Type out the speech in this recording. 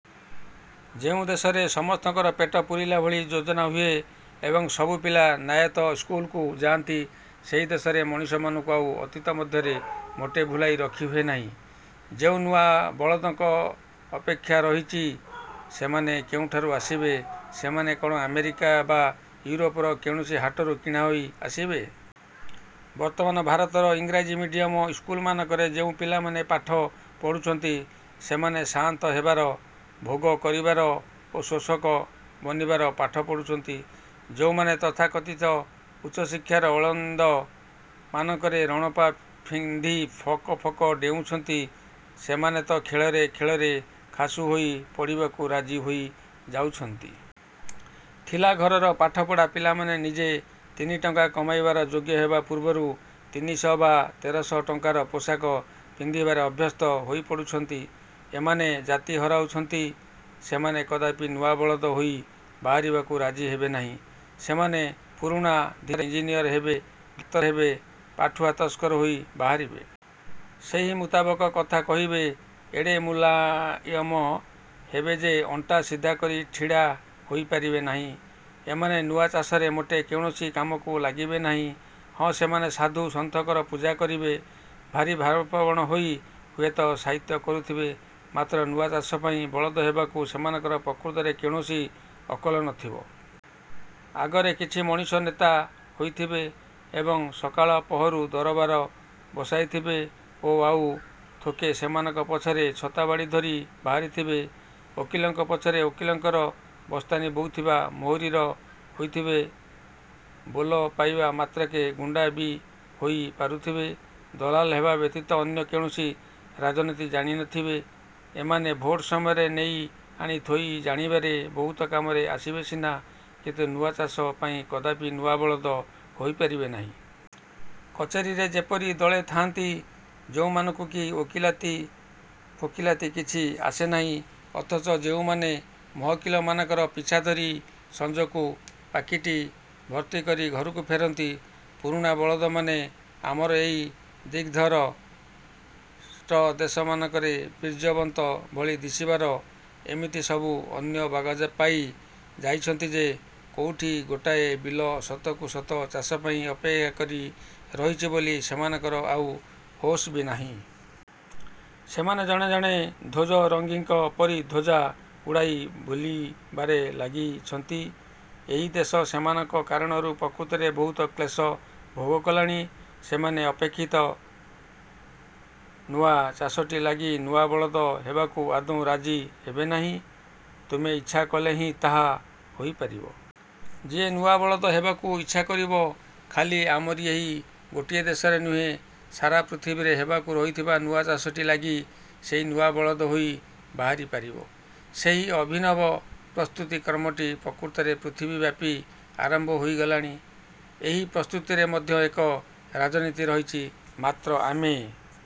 ଯେଉଁ ଦେଶରେ ସମସ୍ତଙ୍କର ପେଟ ପୂରିଲା ଭଳି ଯୋଜନା ହୁଏ ଏବଂ ସବୁ ପିଲା ନ୍ୟାୟତଃ ସ୍କୁଲକୁ ଯାଆନ୍ତି, ସେହି ଦେଶରେ ମଣିଷମାନଙ୍କୁ ଆଉ ଅତୀତ ମଧ୍ୟରେ ମୋଟେ ଭୁଲାଇ ରଖି ହୁଏନାହିଁ। ଯେଉଁ ନୂଆ ବଳଦଙ୍କ ଅପେକ୍ଷା ରହିଛି, ସେମାନେ କେଉଁଠାରୁ ଆସିବେ? ସେମାନେ କ'ଣ ଆମେରିକା ବା ୟୁରୋପର କୌଣସି ହାଟରୁ କିଣାହୋଇ ଆସିବେ? ବର୍ତ୍ତମାନ ଭାରତର ଇଂରାଜୀ ମିଡ଼ିୟମ ସ୍କୁଲମାନଙ୍କରେ ଯେଉଁ ପିଲାମାନେ ପାଠ ପଢୁଛନ୍ତି, ସେମାନେ ସାଆନ୍ତ ହେବାର, ଭୋଗ କରିବାର ଓ ଶୋଷକ ବନିବାର ପାଠ ପଢୁଛନ୍ତି। ଯେଉଁମାନେ ତଥାକଥିତ ଉଚ୍ଚଶିକ୍ଷାର ଅଳିନ୍ଦ ମାନଙ୍କରେ ରଣପା ପିନ୍ଧି ଫକ ଫକ ଡ଼େଉଁଛନ୍ତି, ସେମାନେ ତ ଖେଳରେ ଖେଳରେ ଖାସୁ ହୋଇ ପଡ଼ିବାକୁ ରାଜି ହୋଇ ଯାଉଛନ୍ତି। ଥିଲା ଘରର ପାଠପଢ଼ା ପିଲାମାନେ ନିଜେ ତିନିଟଙ୍କା କମାଇବାର ଯୋଗ୍ୟହେବା ପୂର୍ବରୁ ତିନିଶହ ବା ତେରଶହ ଟଙ୍କାର ପୋଷାକ ପିନ୍ଧିବାରେ ଅଭ୍ୟସ୍ତ ହୋଇପଡୁଛନ୍ତି। ଏମାନେ ଜାତି ହରାଉଛନ୍ତି। ସେମାନେ କଦାପି ନୂଆ ବଳଦ ହୋଇ ବାହାରିବାକୁ ରାଜି ହେବେନାହିଁ। ସେମାନେ ପୁରୁଣା ଧିସାରେ ଇଞ୍ଜିନିଅର ହେବେ, ଡାକ୍ତର ହେବେ, ପାଠୁଆ ତସ୍କର ହୋଇ ବାହାରିବେ। ସେହି ମୁତାବକ କଥା କହିବେ; ଏଡ଼େ ମୁଳାୟମ ହେବେ ଯେ ଅଣ୍ଟା ସିଧାକରି ଛିଡ଼ା ହୋଇପାରିବେ ନାହିଁ। ଏମାନେ ନୂଆ ଚାଷରେ ମୋଟେ କୌଣସି କାମରେ ଲାଗିବେ ନାହିଁ। ହଁ, ସେମାନେ ସାଧୁ ସନ୍ଥଙ୍କର ପୂଜା କରିବେ, ଭାରି ଭାବପ୍ରବଣ ହୋଇ ହୁଏତ ସାହିତ୍ୟ କରୁଥିବେ, ମାତ୍ର ନୂଆ ଚାଷ ପାଇଁ ବଳଦ ହେବାକୁ ସେମାନଙ୍କର ପ୍ରକୃତରେ କୌଣସି ଅକଲ ନଥିବ। ଆଗରେ କିଛି ମଣିଷ ନେତା ହୋଇଥିବେ, ଏବଂ ସକାଳ ପହରୁ ଦରବାର ବସାଇଥିବେ ଓ ଆଉ ଥୋକେ ସେମାନଙ୍କ ପଛରେ ଛତାବାଡ଼ି ଧରି ବାହାରିଥିବେ; ଓକିଲଙ୍କ ପଛରେ ଓକିଲଙ୍କର ବସ୍ତାନି ବୋହୁଥିବା ମୋହରିର ହୋଇଥିବେ, ବୋଲ ପାଇବା ମାତ୍ରକେ ଗୁଣ୍ଡା ବି ହୋଇ ପାରୁଥିବେ, ଦଲାଲ ହେବା ବ୍ୟତୀତ ଅନ୍ୟ କୌଣସି ରାଜନୀତି ଜାଣିନଥିବେ,- ଏମାନେ ଭୋଟ ସମୟରେ ନେଇ ଆଣି ଥୋଇ ଜାଣିବାରେ ବହୁତ କାମରେ ଆସିବେ ସିନା, କିନ୍ତୁ ନୂଆ ଚାଷ ପାଇଁ କଦାପି ନୂଆ ବଳଦ ହୋଇପାରିବେ ନାହିଁ। କଚେରୀରେ ଯେପରି ଦଳେ ଥାଆନ୍ତି, ଯେଉଁମାନଙ୍କୁ କି ଓକିଲାତି ଫୋକିଲାତି କିଛି ଆସେନାହିଁ, ଅଥଚ ଯେଉଁମାନେ ମହକିଲମାନଙ୍କର ପିଛା ଧରି ସଂଜକୁ ପାକିଟି ଭର୍ତ୍ତି କରି ଘରକୁ ଫେରନ୍ତି, ପୁରୁଣା ବଳଦମାନେ ଆମର ଏହି ଦିଗ୍ଭ୍ରଷ୍ଟ ଦେଶଟାରେ ବୀର୍ଯ୍ୟବନ୍ତ ଭଳି ଦିଶିବାର ଏମିତି ସବୁ ଅନ୍ୟ ବାଗ ପାଇ ଯାଇଛନ୍ତି ଯେ, କୋଉଠି ଗୋଟାଏ ବିଲ ସତକୁ ସତ ଚାଷ ପାଇଁ ଅପେକ୍ଷା କରି ରହିଛି ବୋଲି ସେମାନଙ୍କର ଆଉ ହୋସ୍ ବି ନାହିଁ। ସେମାନେ ଜଣେ ଜଣେ ଧ୍ୱଜରଂଗୀଙ୍କ ପରି ଧ୍ୱଜା ଉଡ଼ାଇ ବୁଲିବାରେ ଲାଗିଛନ୍ତି। ଏହି ଦେଶ ସେମାନଙ୍କ କାରଣରୁ ପ୍ରକୃତରେ ବହୁତ କ୍ଳେଶ ଭୋଗ କଲାଣି। ସେମାନେ ଅପେକ୍ଷିତ ନୂଆ ଚାଷଟି ଲାଗି ନୂଆ ବଳଦ ହେବାକୁ ଆଦୌ ରାଜି ହେବେନାହିଁ। ତୁମେ ଇଚ୍ଛା କଲେ ହିଁ ତାହା ହୋଇପାରିବ। ଯିଏ ନୂଆ ବଳଦ ହେବାକୁ ଇଚ୍ଛା କରିବ, ଖାଲି ଆମରି ଏହି ଗୋଟିଏ ଦେଶରେ ନୁହେଁ, ସାରା ପୃଥିବୀରେ ହେବାକୁ ରହିଥିବା ନୂଆ ଚାଷଟି ଲାଗି ସେଇ ନୂଆ ବଳଦ ହୋଇ ବାହାରି ପାରିବ। ସେହି ଅଭିନବ ପ୍ରସ୍ତୁତିକ୍ରମଟି ପ୍ରକୃତରେ ପୃଥିବୀବ୍ୟାପୀ ଆରମ୍ଭ ହୋଇଗଲାଣି। ଏହି ପ୍ରସ୍ତୁତିରେ ମଧ୍ୟ ଏକ ରାଜନୀତି ରହିଛି, ମାତ୍ର ଆମେ